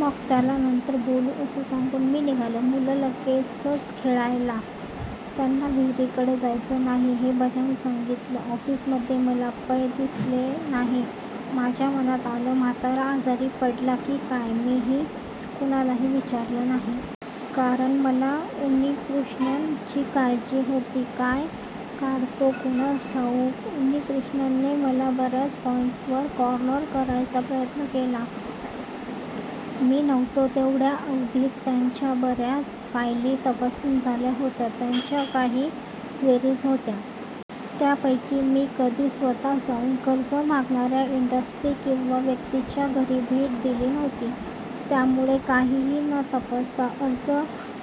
मग त्याला नंतर बोलू असं सांगून मी निघालो. मुलं लगेचंच खेळायला. त्यांना विहीरीकडे जायचं नाही हे बजावून सांगितलं. ऑफिसमध्ये मला पै दिसले नाही. माझ्या मनात आलं, म्हातारा आजारी पडला की काय? मीही कोणालाही विचारलं नाही. कारण मला उन्नीकृष्णन ची काळजी होती. काय काढतो कोणास ठाऊक? उन्नीकृष्णनने मला बऱ्याच पॉईंट्स वर कॉर्नर करायचा प्रयत्न केला. मी नव्हतो तेवढ्या अवधीत त्यांच्या बऱ्याच फायली तपासून झाल्या होत्या. त्यांच्या काही क्वेरीज होत्या. त्यापैकी मी कधी स्वतः जाऊन कर्ज मागणाऱ्या इंडस्ट्री किंवा व्यक्तीच्या घरी भेट दिली नव्हती. त्यामुळे काहीही न तपासता अर्ज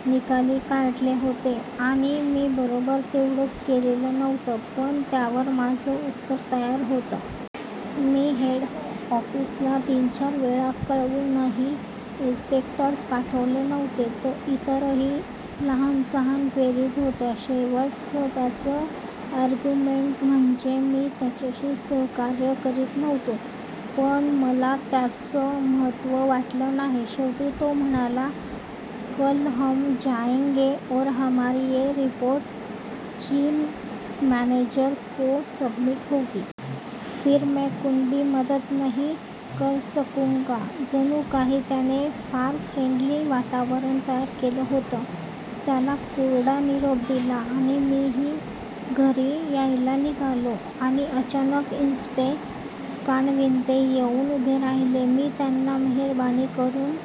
निकाली काढले होते. आणि मी बरोबर तेवढंच केलेलं नव्हतं. पण त्यावर माझं उत्तर तयार होतं. मी हेडऑफिसला तीनचार वेळा कळवूनही इन्स्पेक्टर्स पाठवले नव्हते. इतरही लहान सहान क्वेरिज होत्या. शेवटचं त्यांचं अर्ग्यूमेंट म्हणजे मी त्याच्याशी सहकार्य करीत नव्हतो. पण मला त्याचं महत्व वाटलं नाही. शेवटी तो म्हणाला," कल हम जायेंगे और हमारी ये रिपोर्ट चीफ मॅनेजर को सबमिट होगी. फिर मैं कुणबी मदत नहीं कर सकूंगा" जणूकाही त्याने फार फ्रेंडली वातावरण तयार केलं होतं. त्याला कोरडा निरोप दिला आणि मी घरी यायला निघालो. आणि अचानक इन्स्पे. कानविंदे येऊन उभे राहिले. मी त्यांना मेहरबानी करुन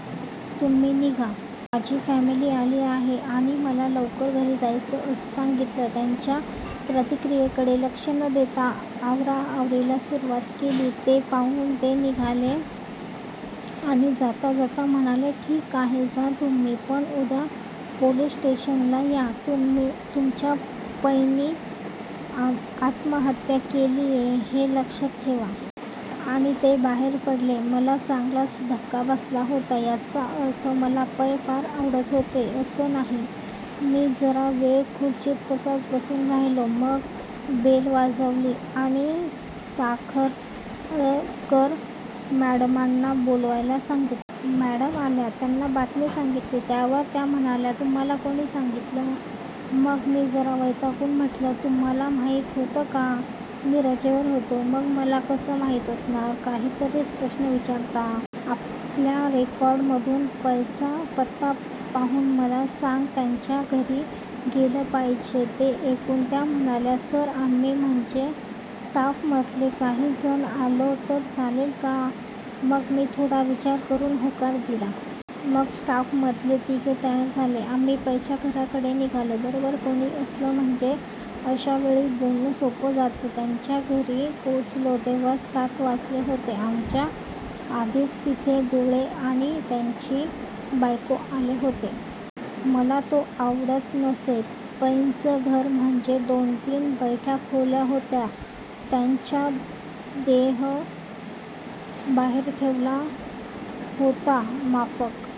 तुम्ही निघा. माझी फॅमिली आली आहे आणि मला लवकर घरी जायचंय असं सांगितलं. त्यांच्या प्रतिक्रियेकडे लक्ष न देता आवराआवरीला सुरुवात केली. ते पाहून ते निघाले आणि जाता जाता म्हणाले," ठीक आहे, जा तुम्ही, पण उद्या पोलिस स्टेशनला या, तुमच्या पैंनी आत्महत्या केलिये हे लक्षात ठेवा. आणि ते बाहेर पडले. मला चांगलाच धक्का बसला होता. याचा अर्थ मला पै फार आवडत होते असं नाही. मी जरा वेळ खुर्चीत तसाच बसून राहिलो. मग बेल वाजवली, आणि साखळकर मॅडमना बोलवायला सांगितलं. मॅडम आल्या. त्यांना बातमी सांगितली. त्यावर त्या म्हणाल्या," तुम्हाला कोणी सांगितलं? " मग मी जरा वैतागून म्हंटलं, " तुम्हाला माहिती होतं का? मी रजेवर होतो, मग मला कसं माहित असणार? काहीतरीच प्रश्न विचारता. आपल्या रेकॉर्ड मधून पैंचा पत्ता पाहून मला सांगा. त्यांच्या घरी गेलं पाहिजे. " ते ऐकून त्या म्हणाल्या," सर आम्ही, म्हणजे स्टाफमधले काही जण आलो तर चालेल का? " मग मी थोडा विचार करून होकार दिला. मग स्टाफमधले तिघे तयार झाले. आम्ही पैंच्या घराकडे निघालो. बरोबर कोणी असलं म्हणजे अशा वेळी बोलणं सोपं जातं. त्यांच्या घरी पोहोचलो, तेव्हा सात वाजले होते. आमच्या आधीच तिथे गोळे आणि त्याची बायको आले होते. मला तो आवडत नसे. पैंचं घर म्हणजे दोन तीन बैठ्या खोल्या होत्या. त्यांचा देह बाहेर ठेवला होता माफक